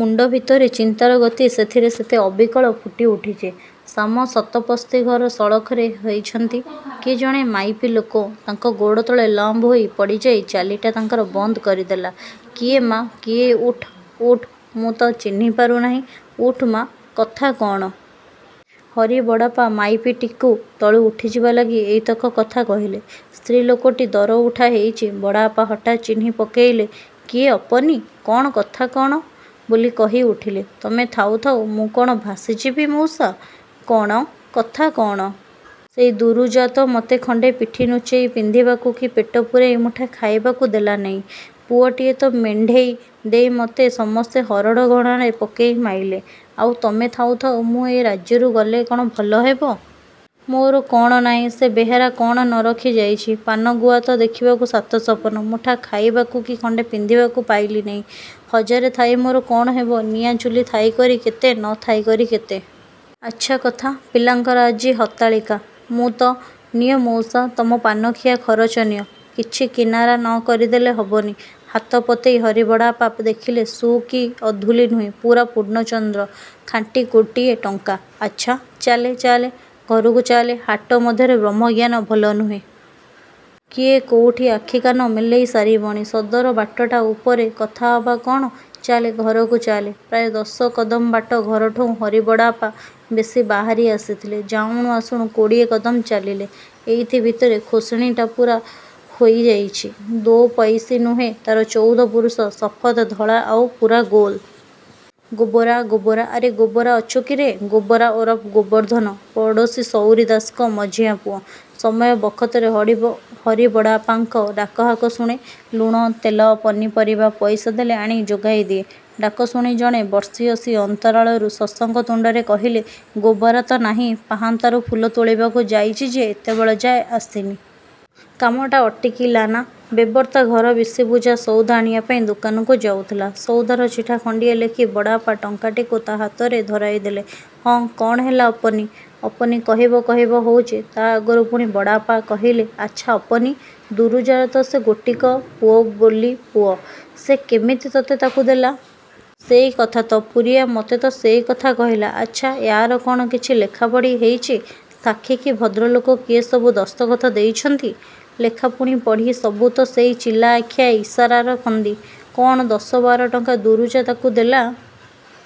ମୁଣ୍ଡ ଭିତରେ ଚିନ୍ତାର ଗତି ସେଥିରେ ସେତେ ଅବିକଳ ଫୁଟି ଉଠିଚି। ଶାମ ଶତପସ୍ତି ଘର ସଳଖରେ ହେଇଛନ୍ତି, କିଏ ଜଣେ ମାଇପି ଲୋକ। ତାଙ୍କ ଗୋଡ଼ତଳେ ଲମ୍ବ ହୋଇ ପଡ଼ିଯାଇ ଚାଲିଟା ତାଙ୍କର ବନ୍ଦ କରିଦେଲା। –କିଏ ମା, କିଏ, ଉଠ୍ ଉଠ୍, ମୁଁ ତ ଚିହ୍ନି ପାରୁନାଇଁ–ଉଠ୍ ମା, କଥା କଣ–? ହରିବଡ଼'ପା ମାଇପିଟିକୁ ତଳୁ ଉଠିଯିବା ଲାଗି ଏଇତକ କଥା କହିଲେ। ସ୍ତ୍ରୀ ଲୋକଟି ଦରଉଠା ହେଇଚି, ବଡ଼'ପା ହଠାତ୍ ଚିହ୍ନି ପକେଇଲେ–କିଏ ଅପନି! କଣ, କଥା କଣ–? ବୋଲି କହି ଉଠିଲେ। –ତମେ ଥାଉ ଥାଉ ମୁଁ କଣ ଭାସି ଯିବି ମଉସା–? –କଣ, କଥା କଣ? ସେଇ ଦୁରୁଜା ତ ମତେ ଖଣ୍ଡେ ପିଠି ନୁଚେଇ ପିନ୍ଧିବାକୁ କି ପେଟ ପୁରେଇ ମୁଠା ଖାଇବାକୁ ଦେଲା ନେଇଁ। ପୁଅଟିଏ ତ ମେଣ୍ଢେଇ ଦେଇ ମତେ ସମସ୍ତେ ହରଡ଼ ଘଣାରେ ପକେଇ ମାଇଲେ; ଆଉ, ତମେ ଥାଉଥାଉ ମୁଁ ଏ ରାଜ୍ୟରୁ ଗଲେ କଣ ଭଲ ହେବ? ମୋର କଣ ନାଇଁ, ସେ ବେହେରା କଣ ନ ରଖି ଯାଇଚି? –ପାନ ଗୁଆ ତ ଦେଖିବାକୁ ସାତ ସପନ, ମୁଠା ଖାଇବାକୁ କି ଖଣ୍ଡେ ପିନ୍ଧିବାକୁ ପାଇଲି ନେଇଁ, ହଜାରେ ଥାଇ ମୋର କଣ ହବ? ନିଆଁ ଚୁଲି ଥାଇକରି କେତେ, ନ ଥାଇକରି କେତେ–? –ଆଛା କଥା, ପିଲାଙ୍କର ଆଜି ହତାଳିକା–ମୁଁ ତ…. –ନିଅ ମଉସା, ତମ ପାନଖିଆ ଖରଚ ନିଅ, କିଛି କିନାରା ନ କରିଦେଲେ ହବନି। ହାତ ପତେଇ ହରିବଡ଼'ପା ଦେଖିଲେ ସୁ'କି କି ଅଧୁଲି ନୁହେଁ, ପୁରା ପୂର୍ଣ୍ଣଚନ୍ଦ୍ର–ଖାଣ୍ଟି ଗୋଟିଏ ଟଙ୍କା। –ଆଚ୍ଛା, ଚାଲେ ଚାଲ, ଘରକୁ ଚାଲେ–ହାଟ ମଧ୍ୟରେ ବ୍ରହ୍ମଜ୍ଞାନ ଭଲ ନୁହେଁ। କିଏ କୋଉଠି ଆଖି କାନ ମେଲେଇ ସାରିବଣି। ସଦର ବାଟଟା ଉପରେ କଥା ହେବା କଣ–ଚାଲେ ଘରକୁ ଚାଲେ। ପ୍ରାୟ ଦଶ କଦମ ବାଟ ଘରଠଉଁ ହରିବଡ଼'ପା ବେଶି ବାହାରି ଆସିଥିଲେ, ଯାଉଣୁ ଆସୁଣୁ କୋଡ଼ିଏ କଦମ ଚାଲିଲେ। ଏଇଥି ଭିତରେ ଖୋସଣୀଟା ପୁରା ହୋଇ ଯାଇଚି, ଦୋପଇସି ନୁହେ–ତାର ଚଉଦ ପୁରୁଷ–ସଫଦ ଧଳା ଆଉ ପୁରା ଗୋଲ। –ଗୋବରା, ଗୋବରା, ଆରେ ଗୋବରା ଅଛୁକିରେ– ଗୋବରା ଓରଫ ଗୋବର୍ଦ୍ଧନ ପଡ଼ୋଶୀ ସଉରି ଦାସଙ୍କ ମଝିଆଁ ପୁଅ। ସମୟ ବଖତରେ ହରିବଡ଼'ପାଙ୍କ ଡାକହାକ ଶୁଣେ–ଲୁଣ, ତେଲ ପନିପରିବା ପଇସା ଦେଲେ ଆଣି ଯୋଗାଇ ଦିଏ। ଡାକ ଶୁଣି ଜଣେ ବର୍ଷିୟସୀ ଅନ୍ତରାଳରୁ ସଶଙ୍କ ତୁଣ୍ଡରେ କହିଲେ–ଗୋବରା ତ ନାଇଁ, ପାହାନ୍ତାରୁ ଫୁଲ ତୋଳିବାକୁ ଯାଇଚି ଯେ ଏତେବେଳେଯା ଆସିନି? କାମଟା ଅଟକିଲା ନି। ବେବର୍ତ୍ତା ଘର ବିଶି ପୂଜା ସଉଦା ଆଣିବା ପାଇଁ ଦୋକାନକୁ ଯାଉଥିଲା, ସଉଦାର ଚିଠା ଖଣ୍ଡିଏ ଲେଖି ବଡ଼ପା ଟଙ୍କାଟିକୁ ତା ହାତରେ ଧରେଇ ଦେଲେ। –ହଁ, କଣ ହେଲା ଅପନି–? ଅପନି କହିବ କହିବ ହଉଚି, ତା ଆଗରୁ ପୁଣି ବଡ଼ପା କହିଲେ– ଆଛା ଅପନି, ଦୁରୁଜାର ତ ସେ ଗୋଟିକ ବୋଲି ପୁଅ; ସେ କେମିତି ତତେ ତାକୁ ଦେଲା? –ସେଇ କଥା ତ, ପୁରିଆ ମତେ ତ ସେଇ କଥା କହିଲା। –ଆଛା, ୟାର କଣ କିଛି ଲେଖାପଢ଼ି ହେଇଚି? ସାକ୍ଷୀ କି ଭଦ୍ରଲୋକ କିଏ ସବୁ ଦସ୍ତଖତ ଦେଇଛନ୍ତି? –ଲେଖା ପୁଣି ପଢ଼ି, ସବୁ ତ ସେଇ ଚିଲାଆଖିଆ ଈଶରାର ଫନ୍ଦି। କଣ ଦଶ ବାର ଟଙ୍କା ଦୁରୁଜା ତାକୁ ଦେଲା,